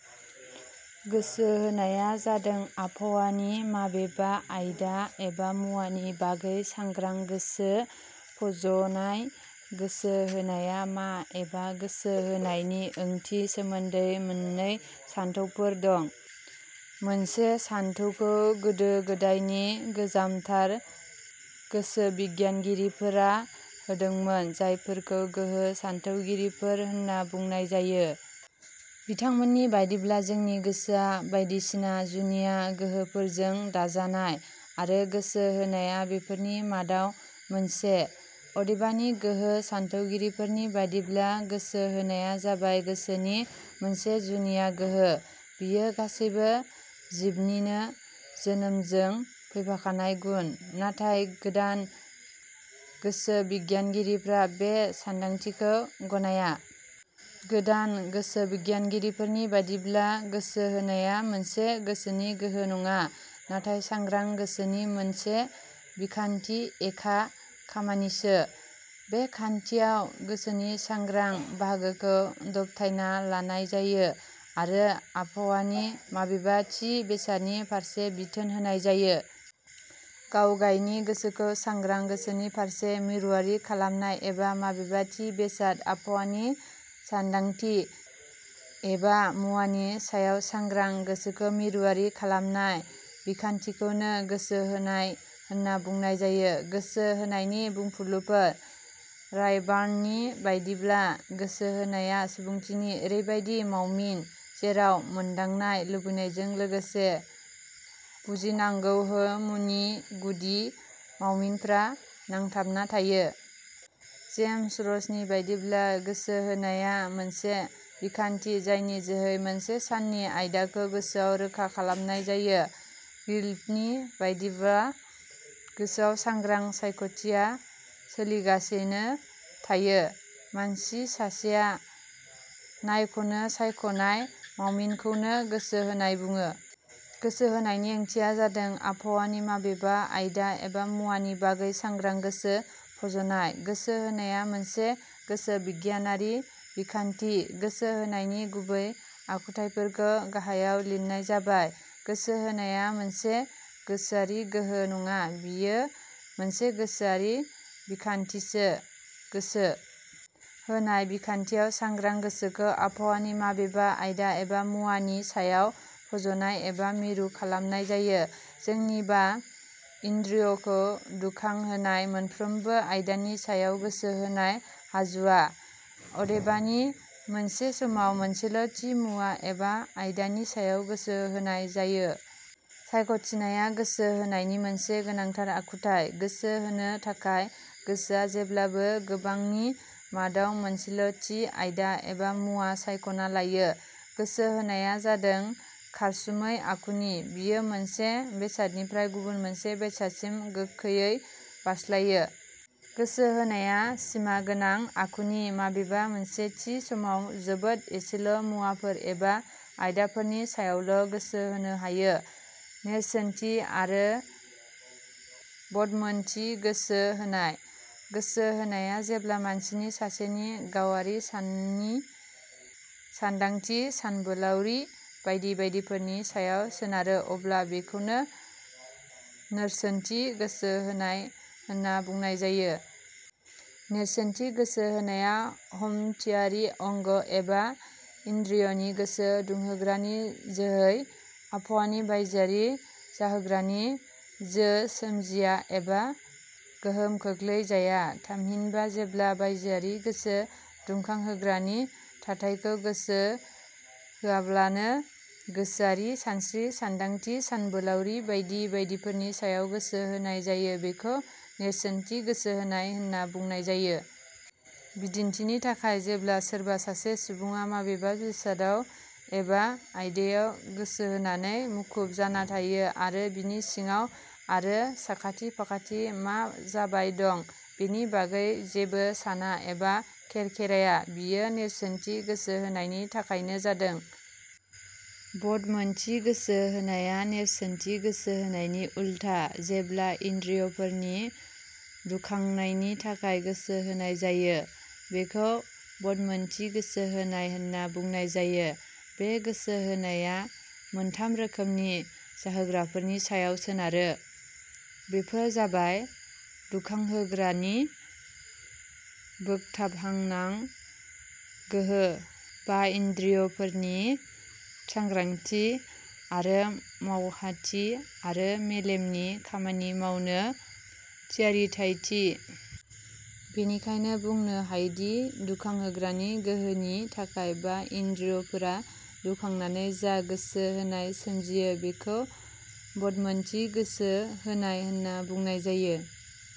: गोसो होनाया जादों आबहावानि माबेबा आयदा एबा मुवानि बागै सांग्रां गोसो फज 'नाय। गोसो होनाया मा एबा गोसो होनायनि ओंथि सोमोन्दै मोननै सान्थौफोर दं। मोनसे सान्थौखौ गोदो-गोदायनि गोजामथार गोसोबिगियानगिरिफोरा होदोंमोन जायफोरखौ गोहो सान्थौगिरिफोर होनना बुंनाय जायो। बिथांमोननि बायदिब्ला जोंनि गोसोआ बायदिसिना जुनिया गोहोफोरजों दाजानाय आरो गोसो होनाया बेफोरनि मादाव मोनसे। अदेबानि गोहो सान्थौगिरिफोरनि बादिब्ला गोसो होनाया जाबाय 'गोसोनि मोनसे जुनिया गोहो'। बेयो गासैबो जिबनिनो जोनोमजों फैफाखानाय गुन। नाथाय, गोदान गोसोबिगियानगिरिफोरा बे सान्दांथिखौ गनाया। गोदान गोसोबिगियानगिरिफोरनि बादिब्ला गोसो होनाया मोनसे गोसोनि गोहो नङा, नाथाय सांग्रां गोसोनि मोनसे बिखान्थि एखा खामानिसो। बे खान्थियाव गोसोनि सांग्रां बाहागोखौ दबथायना लानाय जायो आरो आबहावानि माबेबा थि बेसादनि फारसे बिथोन होनाय जायो। गावगायनि गोसोखौ सांग्रां गोसोनि फारसे मिरुवारि खालामनाय एबा माबेबा थि बेसाद, आबहावानि सान्दांथि एबा मुवानि सायाव सांग्रां गोसोखौ मिरुवारि खालामनाय बिखान्थिखौनो गोसो होनाय होनना बुंनाय जायो। गोसो होनायनि बुंफुरलुफोरः रायबार्ण नि बादिब्ला, "गोसो होनाया सुबुंथिनि एरैबादि मावमिन जेराव मोनदांनाय, लुबैनायजों लोगोसे बुजिनांगौहो मुनि गुदि मावमिनफोरा नांथाबना थायो। " जेमस रस नि बादिब्ला, "गोसो होनाया मोनसे बिखान्थि जायनि जोहै मोनसे साननि आयदाखौ गोसोआव रोखा खालामनाय जायो। " गिलफ नि बादिब्ला, "गोसोआव सांग्रा सायख'थिया सोलिगासेनो थायो। मानसि सासेया नायख 'नो सायख 'नाय मावमिनखौनो गोसो होनाय बुङो। ": गोसो होनायनि ओंथिया जादों, आबहावानि माबेबा आयदा एबा मुवानि बागै सांग्रां गोसो फज 'नाय। गोसो होनाया मोनसे गोसो-बिगियानारि बिखान्थि। गोसो होनायनि गुबै आखुथाइफोरखौ गाहायाव लिरनाय जाबायः. गोसो होनाया मोनसे गोसोआरि गोहो नङा, बेयो मोनसे गोसोआरि बिखान्थिसो।.गोसो होनाय बिखान्थियाव सांग्रां गोसोखौ आबहावानि माबेबा आयदा एबा मुवानि सायाव फज'नाय एबा मिरु खालामनाय जायो।. जोंनि बा इन्द्रिय 'खौ दुखां होनाय मोनफ्रोमबो आयदानि सायाव गोसो होनो हाजुवा। अदेबानि मोनसे समाव मोनसेल' थि मुवा एबा आयदानि सायाव गोसो होनाय जायो।. सायख'थिनाया गोसो होनायनि मोनसे गोनांथार आखुथाइ। गोसो होनो थाखाय गोसोआ जेब्लाबो गोबांनि मादाव मोनसेल' थि आयदा एबा मुवा सायख'ना लायो।. गोसो होनाया जादों खारसुमै आखुनि। बेयो मोनसे बेसादनिफ्राय गुबुन मोनसे बेसादसिम गोखैयै बारस्लायो।. गोसो होनाया सिमा गोनां आखुनि। माबेबा मोनसे थि समाव जोबोद एसेल' मुवाफोर एबा आयदाफोरनि सायावल' गोसो होनो हायो।: नेरसोनथि आरो बदमोनथि गोसो होनाय :-गोसो होनाया जेब्ला मानसि सासेनि गावारि साननि, सानदांथि, सानबोलाउरि बायदि बायदिफोरनि सायाव सोनारो अब्ला बेखौनो नोरसोनथि गोसो होनाय होनना बुंनाय जायो। नेरसोनथि गोसो होनाया हमदथियारि अंग एबा इन्द्रिय 'नि गोसो दुखांहोग्रानि जो है आबहावानि बायजोआरि जाहोग्रानि जो सोमजिया एबा गोहोमखोख्लै जाया। थामहिनबा जेब्ला बायजोआरि गोसो दुखांहोग्रानि थाथाइखौ गोसो होआब्लानो, गोसोआरि सानस्रि, सानदांथि, सानबोलाउरि बायदि बायदिफोरनि सायाव गोसो होनाय जायो बेखौ नेरसोनथि गोसो होनाय होनना बुंनाय जायो। बिदिन्थिनि थाखाय, जेब्ला सोरबा सासे सुबुङा माबेबा बेसादाव एबा आयदायाव गोसोहोनानै मुखुब जाना थायो आरो बिनि सिंआव आरो साखाथि- फाखाथि मा जाबाय दं, बेनि बागै जेबो साना एबा खेरखेराया, बेयो नेरसोनथि गोसो होनायनि थाखायनो जादों। बदमोनथि गोसो होनाया नेरसोनथि गोसो होनायनि उल्था। जेब्ला इन्द्रिय 'फोरनि दुखांनायनि थाखाय गोसो होनाय जायो, बेखौ बदमोनथि गोसो होनाय होनना बुंनाय जायो। बे गोसो होनाया मोनथाम रोखोमनि जाहोग्राफोरनि सायाव सोनारो। बेफोर जाबाय दुखांहोग्रानि बोगथाबहानां गोहो, बा इन्द्रिय 'फोरनि सांग्रांथि आरो मावहाथि आरो मेलेमनि खामानि मावनो थियारिथाइथि। बेनिखायनो बुंनो हायोदि दुखांहोग्रानि गोहोमनि थाखाय बा इन्द्रिय 'फोरा दुखांनानै जा गोसो होनाय सोमजियो बेखौ बदमोनथि गोसो होनाय होनना बुंनाय जायो।